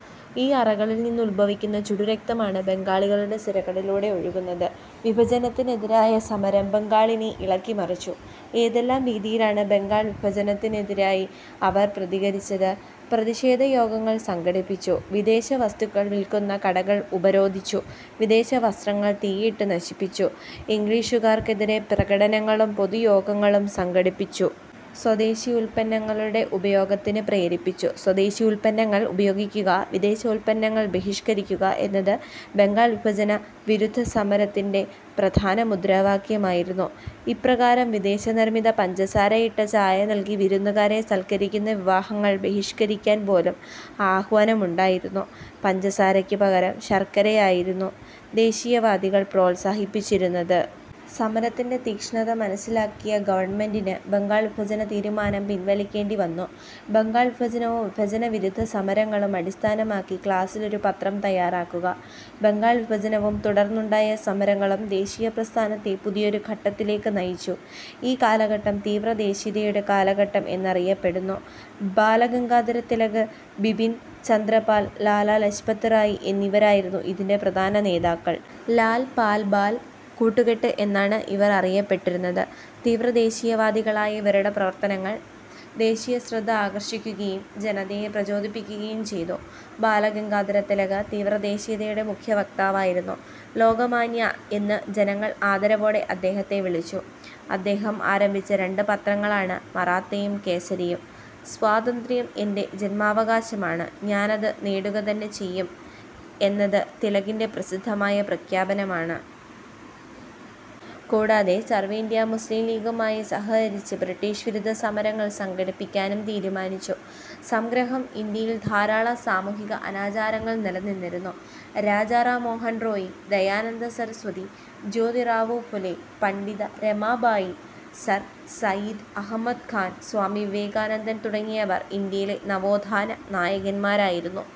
ഈ അറകളിൽ നിന്നുത്ഭവിക്കുന്ന ചുടുരക്തമാണ് ബംഗാളികളുടെ സിരകളിലൂടെ ഒഴുകുന്നത്. വിഭജനത്തിനെതിരായ സമരം ബംഗാളിനെ ഇളക്കിമറിച്ചു. ഏതെല്ലാം രീതിയിലാണ് ബംഗാൾ വിഭജനത്തിനെതിരായി അവർ പ്രതികരിച്ചത്? പ്രതിഷേധ യോഗങ്ങൾ സംഘടിപ്പിച്ചു. വിദേശ വസ്തുക്കൾ വിൽക്കുന്ന കടകൾ ഉപരോധിച്ചു. വിദേശ വസ്ത്രങ്ങൾ തീയിട്ട് നശിപ്പിച്ചു. ഇംഗ്ലീഷുകാർക്കെതിരെ പ്രകടനങ്ങളും പൊതുയോഗങ്ങളും സംഘടിപ്പിച്ചു. സ്വദേശി ഉൽപന്നങ്ങളുടെ ഉപയോഗത്തിന് പ്രേരിപ്പിച്ചു. സ്വദേശി ഉൽപ്പന്നങ്ങൾ ഉപയോഗിക്കുക, വിദേശ ഉൽപ്പന്നങ്ങൾ ബഹിഷ്കരിക്കുക എന്നത് ബംഗാൾ വിഭജന വിരുദ്ധ സമരത്തിന്റെ പ്രധാന മുദ്രാവാക്യമായിരുന്നു. ഇപ്രകാരം വിദേശ നിർമ്മിത പഞ്ചസാരയിട്ട ചായ നൽകി വിരുന്നുകാരെ സൽക്കരിക്കുന്ന വിവാഹങ്ങൾ ബഹിഷ്കരിക്കാൻപോലും ആഹ്വാനമുണ്ടായിരുന്നു. പഞ്ചസാരയ്ക്ക് പകരം ശർക്കരയായിരുന്നു ദേശീയവാദികൾ പ്രോത്സാഹിപ്പിച്ചിരുന്നത്. സമരത്തിന്റെ തീക്ഷ്ണത മനസിലാക്കിയ ഗവൺമെന്റിന് ബംഗാൾ വിഭജന തീരുമാനം പിൻവലിക്കേണ്ടിവന്നു. ബംഗാൾ വിഭജനവും വിഭജനവിരുദ്ധ സമരങ്ങളും അടിസ്ഥാനമാക്കി ക്ലാസിൽ ഒരു പത്രം തയ്യാറാക്കുക. ബംഗാൾ വിഭജനവും തുടർന്നുണ്ടായ സമരങ്ങളും ദേശീയപ്രസ്ഥാനത്തെ പുതിയൊരു ഘട്ടത്തിലേക്ക് നയിച്ചു. ഈ കാലഘട്ടം തീവ്രദേശീയതയുടെ കാലഘട്ടം എന്നറിയപ്പെടുന്നു. ബാലഗംഗാധര തിലക്, ബിപിൻ ചന്ദ്രപാൽ, ലാലാ ലജ്പത്റായ് എന്നിവരായിരുന്നു ഇതിന്റെ പ്രധാന നേതാക്കൾ. ""ലാൽ, പാൽ, ബാൽ കൂട്ടുകെട്ട്' എന്നാണ് ഇവർ അറിയപ്പെട്ടിരുന്നത്. തീവ്രദേശീയ വാദികളായ ഇവരുടെ പ്രവർത്തനങ്ങൾ ദേശീയശ്രദ്ധ ആകർഷിക്കുകയും ജനതയെ പ്രചോദിപ്പിക്കുകയും ചെയ്തു. ബാലഗംഗാധരതിലക് തീവ്രദേശീയതയുടെ മുഖ്യവക്താവായിരുന്നു. ""ലോകമാന്യ' എന്ന് ജനങ്ങൾ ആദരവോടെ അദ്ദേഹത്തെ വിളിച്ചു. അദ്ദേഹം ആരംഭിച്ച രണ്ട് പത്രങ്ങളാണ് മറാത്തയും കേസരിയും. "സ്വാതന്ത്ര്യം എന്റെ ജന്മാവകാശമാണ്, ഞാനത് നേടുക തന്നെ ചെയ്യും" എന്നത് തിലകിന്റെ പ്രസിദ്ധമായ പ്രഖ്യാപനമാണ്. കൂടാതെ, സർവ്വേന്ത്യാ മുസ്ലീംലീഗുമായി സഹകരിച്ച് ബ്രിട്ടീഷ് വിരുദ്ധ സമരങ്ങൾ സംഘടിപ്പിക്കാനും തീരുമാനിച്ചു. സംഗ്രഹം- ഇന്ത്യയിൽ ധാരാളം സാമൂഹിക അനാചാരങ്ങൾ നിലനിന്നിരുന്നു. രാജാ റാംമോഹൻ റോയ്, ദയാനന്ദ സരസ്വതി, ജോതിറാവു ഫുലെ, പണ്ഡിത രമാബായ്, സർ സയ്യിദ് അഹമ്മദ് ഖാൻ, സ്വാമി വിവേകാനന്ദൻ തുടങ്ങിയവർ ഇന്ത്യയിലെ നവോത്ഥാന നായകന്മാരായിരുന്നു.